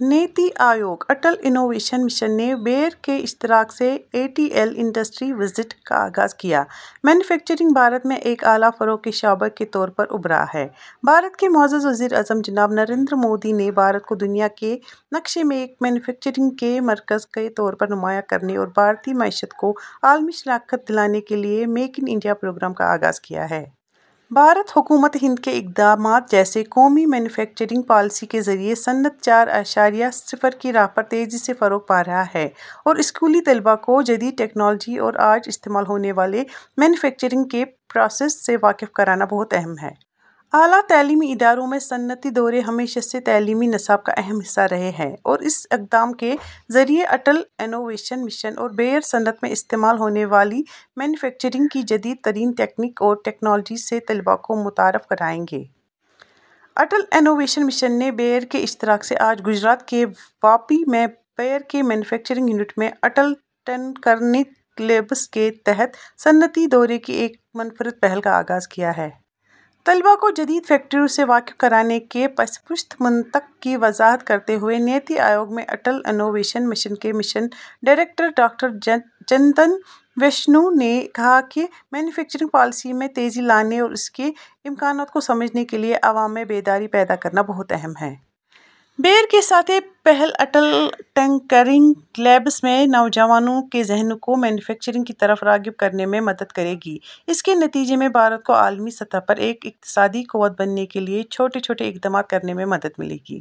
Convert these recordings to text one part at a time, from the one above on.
نیتی Aayog, Atal innovation mission نے Bayer کے اشتراک سے ’A T L industry visit‘ کا آغاز کیا۔ مینوفیکچرنگ، بھارت میں ایک اعلیٰ فروغ کے شعبے کے طور پر ابھرا ہے۔ بھارت کے معزز وزیر اعظم جناب نریندر مودی نے بھارت کو دنیا کے نقشے میں ایک مینوفیکچرنگ کے مرکز کے طور پر نمایاں کرنے اور بھارتی معیشت کو عالمی شناخت دلانے کے لیے میک اِن انڈیا پروگرام کا آغاز کیا ہے۔ بھارت، حکومت ہند کے اقدامات جیسے قومی مینوفیکچرنگ پالیسی کے ذریعے صنعت چار اعشاریہ صفر کی راہ پر تیزی سے فروغ پارہا ہے اور اسکولی طلبا کو جدید ٹیکنالوجی اور آج استعمال ہونے والے مینوفیکچرنگ کے پراسیس سے واقف کرانا بہت اہم ہے۔ اعلیٰ تعلیمی اداروں میں صنعتی دورے ہمیشہ سے تعلیمی نصاب کا اہم حصہ رہے ہیں اور اسی اقدام کے ذریعے اٹل انوویشن مشن اور بئیر صنعت میں استعمال ہونے والی مینوفیکچرنگ کی جدید ترین تکنیک اور ٹیکنالوجی سے طلبا کو متعارف کرائیں گے۔ اٹل انوویشن مشن نے بئیر کے اشتراک سے آج گجرات کے واپی میں بئیر کے مینوفیکچرنگ یونٹ میں اٹل ٹنکرنگ لیبس کے تحت صنعتی دورے کی ایک منفرد پہل کا آغاز کیا ہے۔ طلبا کو جدید فیکٹریوں سے واقف کرانے کے پسِ پشت منطق کی وضاحت کرتے ہوئے نیتی آیوگ میں اٹل انوویشن مشن کے mission director doctor Chintan Vaishnav نے کہا کہ مینوفیکچرنگ پالیسی میں تیزی لانے اور اس کے امکانات کو سمجھنے کے لیے عوام میں بیداری پیدا کرنا بہت اہم ہے۔ بئیر کے ساتھ یہ پہل اٹل ٹنکرنگ لیبس میں نوجوانوں کے ذہنوں کو مینوفیکچرنگ کی طرف راغب کرنے میں مدد کرے گی۔ اس کے نتیجے میں بھارت کو عالمی سطح پر ایک اقتصادی قوت بننے کے لیے چھوٹے چھوٹے اقدامات کرنے میں مدد ملے گی۔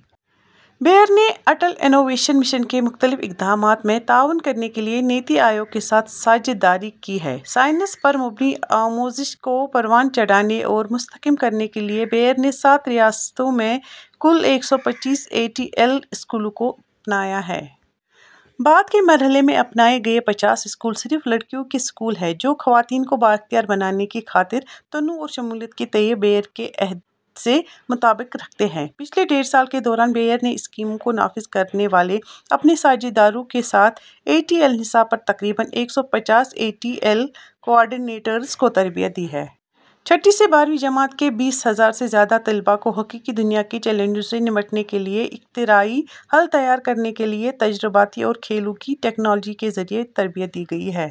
بئیر نے اٹل انوویشن مشن کے مختلف اقدامات میں تعاون کرنے کے لیے نیتی آیوگ کے ساتھ ساجھیداری کی ہے۔ سائنس پر مبنی آموزش کو پروان چڑھانے اور مستحکم کرنے کے لیے بئیر نے سات ریاستوں میں کُل ایک سو پچیس اے ٹی ایل اسکولوں کو اپنایا ہے۔ بعد کے مرحلے میں اپنائے گئے پچاس اسکول صرف لڑکیوں کے اسکول ہیں، جو خواتین کو بااختیار بنانے کی خاطر تنوع اور شمولیت کے تئیں بئیر کے عہد سے مطابقت رکھتے ہیں۔ پچھلے ڈیڑھ سال کے دوران بئیر نے اسکیموں کو نافذ کرنے والے اپنے ساجھیداروں کے ساتھ اے ٹی ایل نصاب پر تقریباً ایک سو پچاس اے ٹی ایل کوآرڈینیٹرز کو تربیت دی ہے۔ چھٹی سے بارہویں جماعت کے بیس ہزار سے زیادہ طلبا کو حقیقی دنیا کے چیلنجوں سے نمٹنے کے لیے اختراعی حل تیار کرنے کے لیے تجرباتی اور کھیلوں کی ٹیکنالوجی کے ذریعے تربیت دی گئی ہے۔